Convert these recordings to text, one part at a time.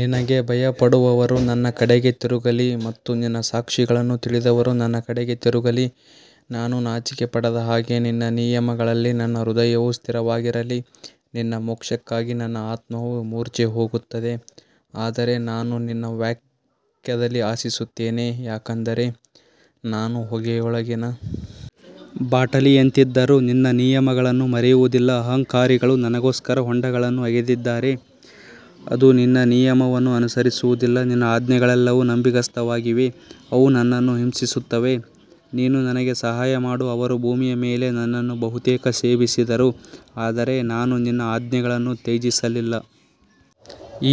ನಿನಗೆ ಭಯಪಡುವವರು ನನ್ನ ಕಡೆಗೆ ತಿರುಗಲಿ ಮತ್ತು ನಿನ್ನ ಸಾಕ್ಷಿಗಳನ್ನು ತಿಳಿದವರು ನನ್ನ ಕಡೆಗೆ ತಿರುಗಲಿ ನಾನು ನಾಚಿಕೆಪಡದ ಹಾಗೆ ನಿನ್ನ ನಿಯಮಗಳಲ್ಲಿ ನನ್ನ ಹೃದಯವು ಸ್ಥಿರವಾಗಿರಲಿ ನಿನ್ನ ಮೋಕ್ಷಕ್ಕಾಗಿ ನನ್ನ ಆತ್ಮವು ಮೂರ್ಛೆಹೋಗುತ್ತದೆ ಆದರೆ ನಾನು ನಿನ್ನ ವಾಕ್ಯದಲ್ಲಿ ಆಶಿಸುತ್ತೇನೆ ಯಾಕಂದರೆ ನಾನು ಹೊಗೆಯೊಳಗಿನ ಬಾಟಲಿಯಂತಿದ್ದರೂ ನಿನ್ನ ನಿಯಮಗಳನ್ನು ಮರೆಯುವುದಿಲ್ಲ ಅಹಂಕಾರಿಗಳು ನನಗೋಸ್ಕರ ಹೊಂಡಗಳನ್ನು ಅಗೆದಿದ್ದಾರೆ, ಅದು ನಿನ್ನ ನಿಯಮವನ್ನು ಅನುಸರಿಸುವುದಿಲ್ಲ ನಿನ್ನ ಆಜ್ಞೆಗಳೆಲ್ಲವೂ ನಂಬಿಗಸ್ತವಾಗಿವೆ, ಅವು ನನ್ನನ್ನು ಹಿಂಸಿಸುತ್ತವೆ, ನೀನು ನನಗೆ ಸಹಾಯ ಮಾಡು ಅವರು ಭೂಮಿಯ ಮೇಲೆ ನನ್ನನ್ನು ಬಹುತೇಕ ಸೇವಿಸಿದರು ಆದರೆ ನಾನು ನಿನ್ನ ಆಜ್ಞೆಗಳನ್ನು ತ್ಯಜಿಸಲಿಲ್ಲ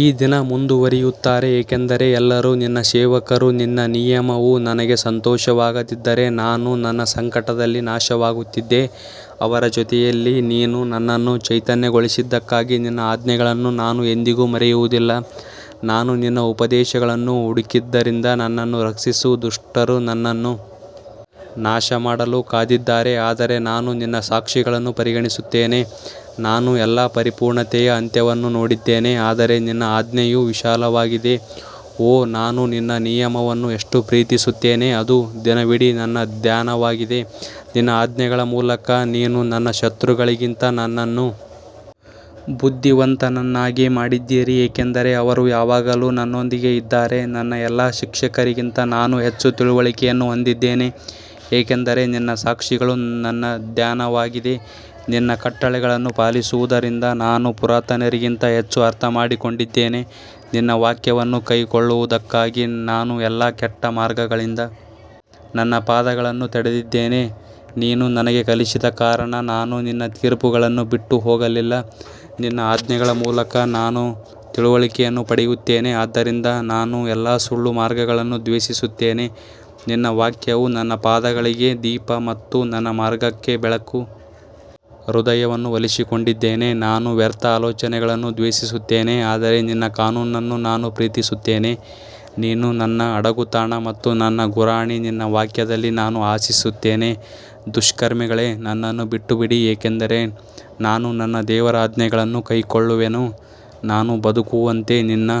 ಈ ದಿನ ಮುಂದುವರಿಯುತ್ತಾರೆ ಏಕೆಂದರೆ ಎಲ್ಲರೂ ನಿನ್ನ ಸೇವಕರು ನಿನ್ನ ನಿಯಮವು ನನಗೆ ಸಂತೋಷವಾಗದಿದ್ದರೆ ನಾನು ನನ್ನ ಸಂಕಟದಲ್ಲಿ ನಾಶವಾಗುತ್ತಿದ್ದೆ ಅವರ ಜೊತೆಯಲ್ಲಿ ನೀನು ನನ್ನನ್ನು ಚೈತನ್ಯಗೊಳಿಸಿದ್ದಕ್ಕಾಗಿ ನಿನ್ನ ಆಜ್ಞೆಗಳನ್ನು ನಾನು ಎಂದಿಗೂ ಮರೆಯುವುದಿಲ್ಲ ನಾನು ನಿನ್ನ ಉಪದೇಶಗಳನ್ನು ಹುಡುಕಿದ್ದರಿಂದ ನನ್ನನ್ನು ರಕ್ಷಿಸು ದುಷ್ಟರು ನನ್ನನ್ನು ನಾಶಮಾಡಲು ಕಾದಿದ್ದಾರೆ ಆದರೆ ನಾನು ನಿನ್ನ ಸಾಕ್ಷಿಗಳನ್ನು ಪರಿಗಣಿಸುತ್ತೇನೆ ನಾನು ಎಲ್ಲಾ ಪರಿಪೂರ್ಣತೆಯ ಅಂತ್ಯವನ್ನು ನೋಡಿದ್ದೇನೆ ಆದರೆ ನಿನ್ನ ಆಜ್ಞೆಯು ವಿಶಾಲವಾಗಿದೆ ಓ ನಾನು ನಿನ್ನ ನಿಯಮವನ್ನು ಎಷ್ಟು ಪ್ರೀತಿಸುತ್ತೇನೆ ಅದು ದಿನವಿಡೀ ನನ್ನ ಧ್ಯಾನವಾಗಿದೆ ನಿನ್ನ ಆಜ್ಞೆಗಳ ಮೂಲಕ ನೀನು ನನ್ನ ಶತ್ರುಗಳಿಗಿಂತ ನನ್ನನ್ನು ಬುದ್ಧಿವಂತನನ್ನಾಗಿ ಮಾಡಿದ್ದೀರಿ ಏಕೆಂದರೆ ಅವರು ಯಾವಾಗಲೂ ನನ್ನೊಂದಿಗೆ ಇದ್ದಾರೆ ನನ್ನ ಎಲ್ಲಾ ಶಿಕ್ಷಕರಿಗಿಂತ ನಾನು ಹೆಚ್ಚು ತಿಳುವಳಿಕೆಯನ್ನು ಹೊಂದಿದ್ದೇನೆ ಏಕೆಂದರೆ ನಿನ್ನ ಸಾಕ್ಷಿಗಳು ನನ್ನ ಧ್ಯಾನವಾಗಿದೆ ನಿನ್ನ ಕಟ್ಟಳೆಗಳನ್ನು ಪಾಲಿಸುವುದರಿಂದ ನಾನು ಪುರಾತನರಿಗಿಂತ ಹೆಚ್ಚು ಅರ್ಥಮಾಡಿಕೊಂಡಿದ್ದೇನೆ ನಿನ್ನ ವಾಕ್ಯವನ್ನು ಕೈಕೊಳ್ಳುವದಕ್ಕಾಗಿ ನಾನು ಎಲ್ಲಾ ಕೆಟ್ಟ ಮಾರ್ಗಗಳಿಂದ ನನ್ನ ಪಾದಗಳನ್ನು ತಡೆದಿದ್ದೇನೆ ನೀನು ನನಗೆ ಕಲಿಸಿದ ಕಾರಣ ನಾನು ನಿನ್ನ ತೀರ್ಪುಗಳನ್ನು ಬಿಟ್ಟು ಹೋಗಲಿಲ್ಲ ನಿನ್ನ ಆಜ್ಞೆಗಳ ಮೂಲಕ ನಾನು ತಿಳುವಳಿಕೆಯನ್ನು ಪಡೆಯುತ್ತೇನೆ ಆದ್ದರಿಂದ ನಾನು ಎಲ್ಲಾ ಸುಳ್ಳು ಮಾರ್ಗಗಳನ್ನು ದ್ವೇಷಿಸುತ್ತೇನೆ ನಿನ್ನ ವಾಕ್ಯವು ನನ್ನ ಪಾದಗಳಿಗೆ ದೀಪ ಮತ್ತು ನನ್ನ ಮಾರ್ಗಕ್ಕೆ ಬೆಳಕು ಹೃದಯವನ್ನು ಒಲಿಸಿಕೊಂಡಿದ್ದೇನೆ ನಾನು ವ್ಯರ್ಥ ಆಲೋಚನೆಗಳನ್ನು ದ್ವೇಷಿಸುತ್ತೇನೆ ಆದರೆ ನಿನ್ನ ಕಾನೂನನ್ನು ನಾನು ಪ್ರೀತಿಸುತ್ತೇನೆ ನೀನು ನನ್ನ ಅಡಗುತಾಣ ಮತ್ತು ನನ್ನ ಗುರಾಣಿ ನಿನ್ನ ವಾಕ್ಯದಲ್ಲಿ ನಾನು ಆಶಿಸುತ್ತೇನೆ ದುಷ್ಕರ್ಮಿಗಳೇ ನನ್ನನ್ನು ಬಿಟ್ಟುಬಿಡಿ ಏಕೆಂದರೆ ನಾನು ನನ್ನ ದೇವರ ಆಜ್ಞೆಗಳನ್ನು ಕೈಕೊಳ್ಳುವೆನು ನಾನು ಬದುಕುವಂತೆ ನಿನ್ನ